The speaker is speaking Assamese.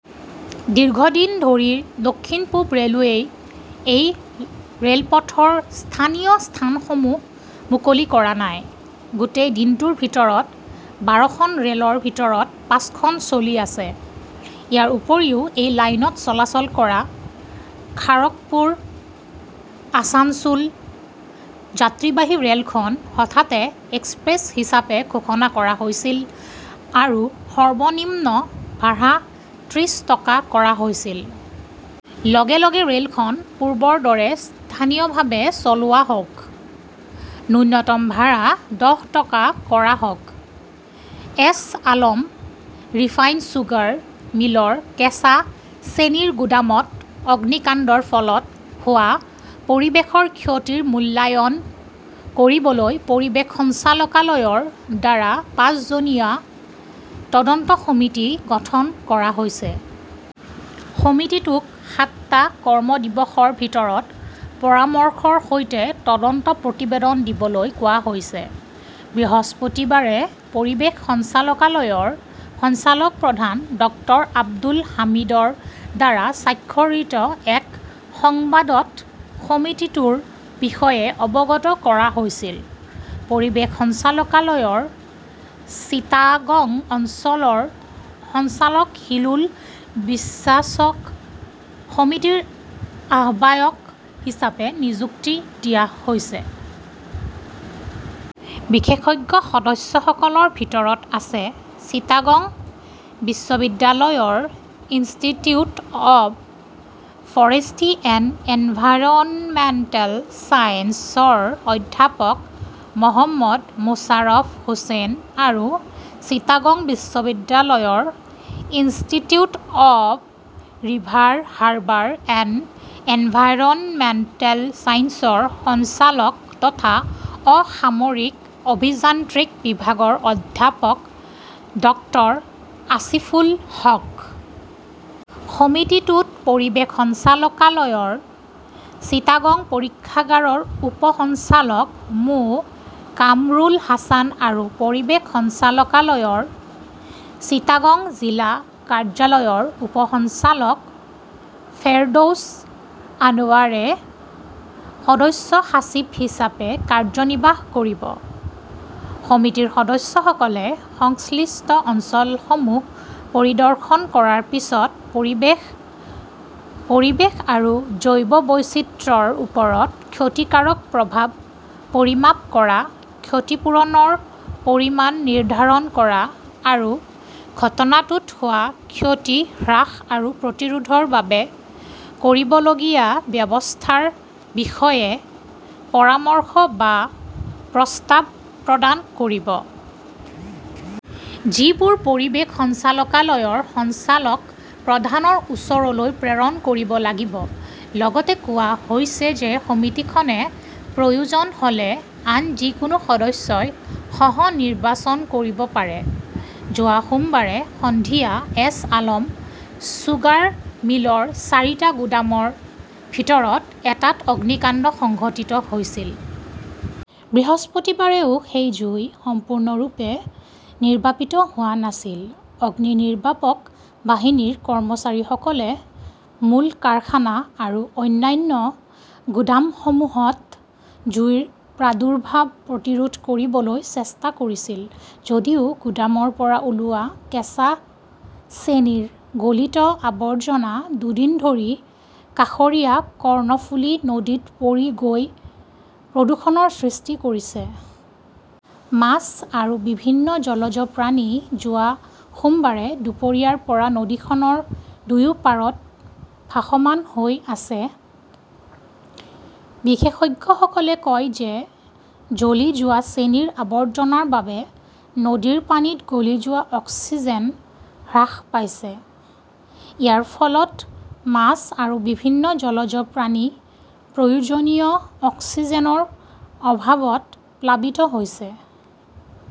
দীৰ্ঘদিন ধৰি দক্ষিণ-পূৱ ৰে'লৱেই এই ৰে'লপথৰ স্থানীয় স্থানসমূহ মুকলি কৰা নাই। গোটেই দিনটোৰ ভিতৰত বাৰখন ৰে'লৰ ভিতৰত পাঁচখন চলি আছে। ইয়াৰ উপৰিও, এই লাইনত চলাচল কৰা খাৰ্গপুৰ-আছানছোল যাত্ৰীবাহী ৰে'লখন হঠাতে এক্সপ্ৰেছ হিচাপে ঘোষণা কৰা হৈছিল আৰু সৰ্বনিম্ন ভাড়া ত্ৰিশ টকা কৰা হৈছিল। লগে লগে ৰে'লখন পূৰ্বৰ দৰে স্থানীয়ভাৱে চলোৱা হওক। নূন্যতম ভাড়া দহ টকা কৰা হওক। এছ আলম ৰিফাইণ্ড চুগাৰ মিলৰ কেঁচা চেনিৰ গুদামত অগ্নিকাণ্ডৰ ফলত হোৱা পৰিৱেশৰ ক্ষতিৰ মূল্যায়ন কৰিবলৈ পৰিৱেশ সঞ্চালকালয়ৰ দ্বাৰা পাঁচজনীয়া তদন্ত সমিতি গঠন কৰা হৈছে। সমিতিটোক সাতটা কৰ্ম দিৱসৰ ভিতৰত পৰামৰ্শৰ সৈতে তদন্ত প্ৰতিবেদন দিবলৈ কোৱা হৈছে। বৃহস্পতিবাৰে পৰিৱেশ সঞ্চালকালয়ৰ সঞ্চালক প্ৰধান ডক্টৰ আব্দুল হামিদৰ দ্বাৰা স্বাক্ষৰিত এক সংবাদত সমিতিটোৰ বিষয়ে অৱগত কৰা হৈছিল। পৰিৱেশ সঞ্চালকালয়ৰ চিটাগং অঞ্চলৰ সঞ্চালক হিলোল বিশ্বাসক সমিতিৰ আহ্বায়ক হিচাপে নিযুক্তি দিয়া হৈছে। বিশেষজ্ঞ সদস্যসকলৰ ভিতৰত আছে চিটাগং বিশ্ববিদ্যালয়ৰ institute of forestry and environmental ছায়েন্সৰ অধ্যাপক মহম্মদ মুশ্বাৰফ হোসেন আৰু চিটাগং বিশ্ববিদ্যালয়ৰ institute of river harbour and environmental ছায়েন্সৰ সঞ্চালক তথা অসামৰিক অভিযান্ত্ৰিক বিভাগৰ অধ্যাপক ডক্টৰ আসিফুল হক। সমিতিটোত পৰিৱেশ সঞ্চালকালয়ৰ চিটাগং পৰীক্ষাগাৰৰ উপ সঞ্চালক মো. কামৰুল হাছান‌ আৰু পৰিৱেশ সঞ্চালকালয়ৰ চিটাগং জিলা কাৰ্যালয়ৰ উপ সঞ্চালক ফেৰদৌছ আনৱাৰে সদস্য সচিব হিচাপে কাৰ্যনিৰ্বাহ কৰিব। সমিতিৰ সদস্যসকলে সংশ্লিষ্ট অঞ্চলসমূহ পৰিদৰ্শন কৰাৰ পিছত পৰিৱেশ, পৰিৱেশ আৰু জৈৱ বৈচিত্ৰ্যৰ ওপৰত ক্ষতিকাৰক প্ৰভাৱ পৰিমাপ কৰা, ক্ষতিপূৰণৰ পৰিমাণ নিৰ্ধাৰণ কৰা আৰু ঘটনাটোত হোৱা ক্ষতি হ্ৰাস আৰু প্ৰতিৰোধৰ বাবে কৰিবলগীয়া ব্যৱস্থাৰ বিষয়ে পৰামৰ্শ বা প্ৰস্তাৱ প্ৰদান কৰিব। যিবোৰ পৰিৱেশ সঞ্চালকালয়ৰ সঞ্চালক প্ৰধানৰ ওচৰলৈ প্ৰেৰণ কৰিব লাগিব। লগতে কোৱা হৈছে যে সমিতিখনে প্ৰয়োজন হ'লে আন যিকোনো সদস্যই সহ-নিৰ্বাচন কৰিব পাৰে। যোৱা সোমবাৰে সন্ধিয়া এছ আলম চুগাৰ মিলৰ চাৰিটা গুদামৰ ভিতৰত, এটাত অগ্নিকাণ্ড সংঘটিত হৈছিল। বৃহস্পতিবাৰেও সেই জুই সম্পূৰ্ণৰূপে নিৰ্বাপিত হোৱা নাছিল। অগ্নিনিৰ্বাপক বাহিনীৰ কৰ্মচাৰীসকলে মূল কাৰখানা আৰু অন্যান্য গুদামসমূহত জুইৰ প্ৰাদুৰ্ভাৱ প্ৰতিৰোধ কৰিবলৈ চেষ্টা কৰিছিল যদিও গুদামৰ পৰা ওলোৱা কেঁচা চেনিৰ গলিত আৱৰ্জনা দুদিন ধৰি কাষৰীয়া কৰ্ণফুলি নদীত পৰি গৈ প্ৰদূষণৰ সৃষ্টি কৰিছে। মাছ আৰু বিভিন্ন জলজ প্ৰাণী যোৱা সোমবাৰে দুপৰীয়াৰ পৰা নদীখনৰ দুয়ো পাৰত ভাসমান হৈ আছে। বিশেষজ্ঞসকলে কয় যে জ্বলি যোৱা চেনিৰ আৱৰ্জনাৰ বাবে নদীৰ পানীত গলি যোৱা অক্সিজেন হ্ৰাস পাইছে। ইয়াৰ ফলত মাছ আৰু বিভিন্ন জলজ প্ৰাণী প্ৰয়োজনীয় অক্সিজেনৰ অভাৱত প্লাবিত হৈছে।